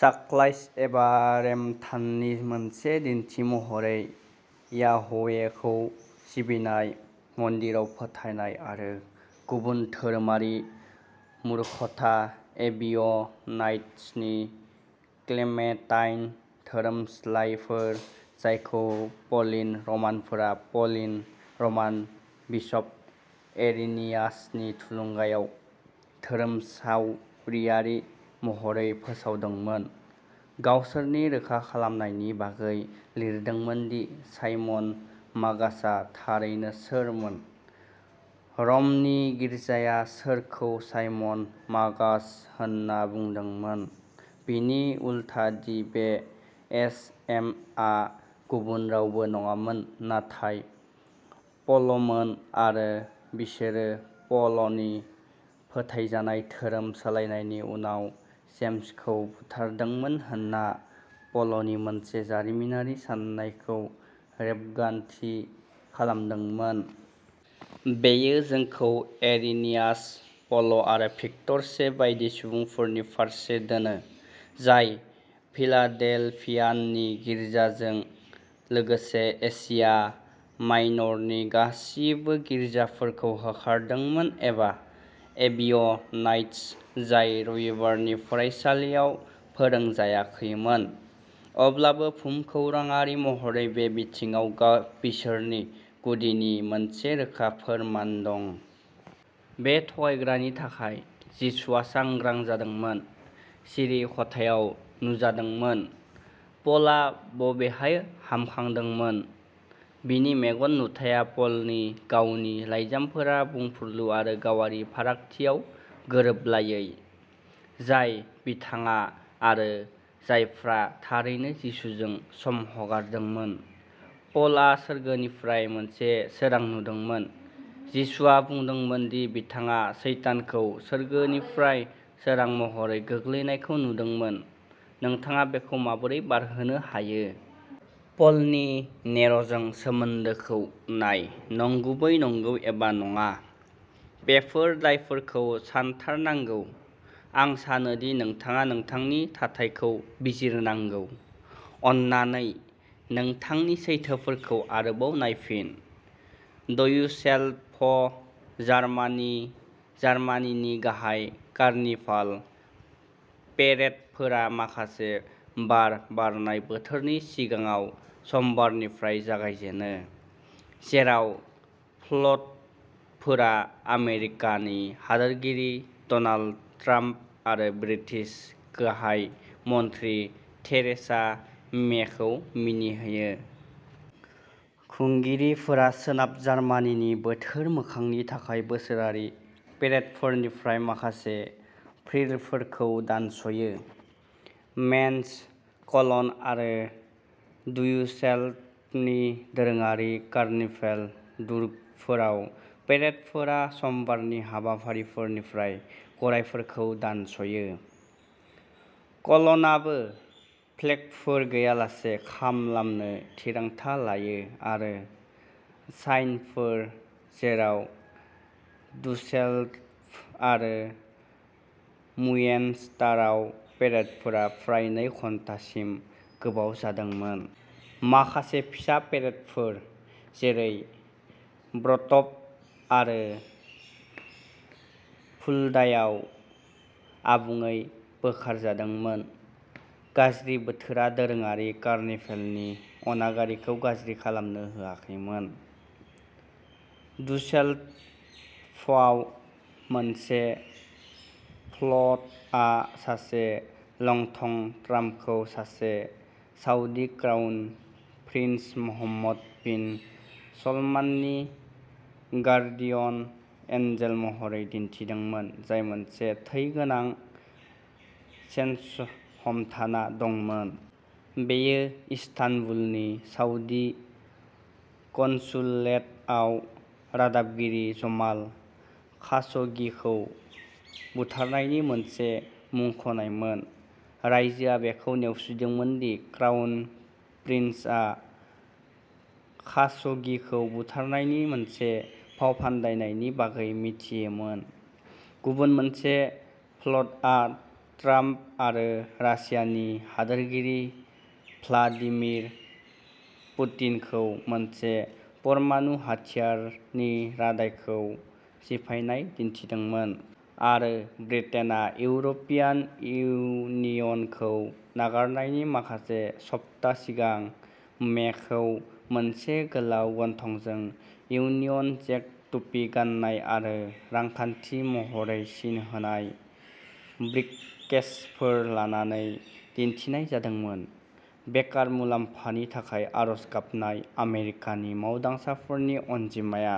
साक्लास एबा रेमथाननि मोनसे दिन्थि महरै याहवेखौ सिबिनाय, मन्दिराव फोथायनाय आरो गुबुन धोरोमारि मूर्खता एबिय'नाइट्सनि क्लेमेन्टाइन धोरोमस्लायफोर, जायखौ प'लिन रमानफोरा प'लिन रमान बिसप इरिनियासनि थुलुंगायाव "धोरोमसावरियारि" महरै फोसावदोंमोन, गावसोरनि रोखा खालामनायनि बागै लिरदोंमोन दि साइमन मागासआ थारैनो सोरमोन, रमनि गिर्जाया सोरखौ साइमन मागास होनना बुंदोंमोन बिनि उलथा दि बे एस एम आ गुबुन रावबो नङामोन नाथाय प'लमोन आरो बिसोरो प'लनि फोथायजानाय धोरोम सोलायनायनि उनाव जेम्सखौ बुथारदोंमोन होनना प'लनि मोनसे जारिमिनारि साननायखौ रेबगान्थि खालामदोंमोन। बेयो जोंखौ इरिनियास, प'ल आरो भिक्टर से बायदि सुबुंफोरनि फारसे दोनो, जाय फिलाडेल्फियानि गिर्जाजों लोगोसे एशिया माइनरनि गासिबो गिर्जाफोरखौ होखारदोंमोन एबा एबिय'नाइट्स जाय रबिबारनि फरायसालियाव फोरोंजायाखैमोन, अब्लाबो भुमखौराङारि महरै बे बिथिङाव बिसोरनि गुदिनि मोनसे रोखा फोरमान दं। बे थगायग्रानि थाखाय, जिसुआ सांग्रां जादोंमोन, सिरि खथायाव नुजादोंमोन, प'लआ बबेहाय हामखांदोंमोन? बिनि मेगन नुथाइया पलनि गावनि लाइजामफोरा बुंफुरलु आरो गावारि फारागथियाव गोरोबलायै, जाय बिथाङा आरो जायफ्रा थारैनो जिसुजों सम हगारदोंमोन। पलआ सोरगोनिफ्राय मोनसे सोरां नुदोंमोन, जिसुआ बुंदोंमोन दि बिथाङा सैतानखौ सोरगोनिफ्राय सोरां महरै गोग्लैनायखौ नुदोंमोन, नोंथाङा बेखौ माबोरै बारहोनो हायो? पलनि नेर'जों सोमोन्दोखौ नाय नंगुबै नंगौ एबा नङा, बेफोर दायफोरखौ सानथारनांगौ। आं सानो दि नोंथाङा नोंथांनि थाथायखौ बिजिरनांगौ। अन्नानै, नोंथांनि सैथोफोरखौ आरोबाव नायफिन। ड्युसेलडर्फ, जार्मानी जार्मानीनि गाहाय कार्निभाल पेरेडफोरा माखासे बार बारनाय बोथोरनि सिगाङाव समबारनिफ्राय जागायजेनो, जेराव फ्ल'टफोरा आमेरिकानि हादोरगिरि डनाल्ड ट्राम्प आरो ब्रिटिश गाहाय मन्थ्रि थेरेसा मेखौ मिनिहोयो। खुंगिरिफोरा सोनाब जार्मानीनि बोथोर मोखांनि थाखाय बोसोरारि पेरेडफोरनिफ्राय माखासे फ्रिलफोरखौ दानस'यो। मेन्ज, क'लन आरो ड्युसेलडर्फनि दोरोङारि कार्निभेल दुर्गफोराव पेरेडफोरा समबारनि हाबाफारिफोरनिफ्राय गरायफोरखौ दानस'यो। क'लनआबो फ्लेगफोर गैयालासे खालामनो थिरांथा लायो आरो साइनफोर, जेराव डुसेलडर्फ आरो मुएनस्टारआव पेरेडफोरा फ्राय नै घन्टासिम गोबाव जादोंमोन। माखासे फिसा पेरेडफोर, जेरै बट्रप आरो फुल्डायाव आबुङै बोखारजादोंमोन। गाज्रि बोथोरा दोरोङारि कार्निभेलनि अनागारिखौ गाज्रि खालामनो होआखैमोन। डुसेलडर्फआव, मोनसे फ्ल'टआ सासे लंथं ट्राम्पखौ सासे Saudi crown prince Mohammed bin सलमाननि गार्डियन एन्जेल महरै दिन्थिदोंमोन, जाय मोनसे थै गोनां चेनस'हमथाना दंमोन। बेयो इस्तानबुलनि साउदी कन्सुलेटआव रादाबगिरि जमाल खाशोगिखौ बुथारनायनि मोनसे मुंख'नायमोन। रायजोआ बेखौ नेवसिदोंमोन दि क्राउन प्रिन्सआ खाशोगिखौ बुथारनायनि मोनसे फावफान्दायनायनि बागै मिथियोमोन। गुबुन मोनसे फ्ल'टआ ट्राम्प आरो रासियानि हादोरगिरि भ्लादिमिर पुतिनखौ मोनसे परमाणु हाथियारनि रादाइखौ सिफायनाय दिन्थिदोंमोन। आरो ब्रिटेनआ इउर'पियान इउनियनखौ नागारनायनि माखासे सप्ता सिगां मेखौ मोनसे गोलाव गन्थंजों इउनियन जेक टुपि गान्नाय आरो "रांखान्थि" महरै सिन होनाय ब्रिफकेसफोर लानानै दिन्थिनाय जादोंमोन। बेकार मुलाम्फानि थाखाय आर'ज गाबनाय आमेरिकानि मावदांसाफोरनि अनजिमाया।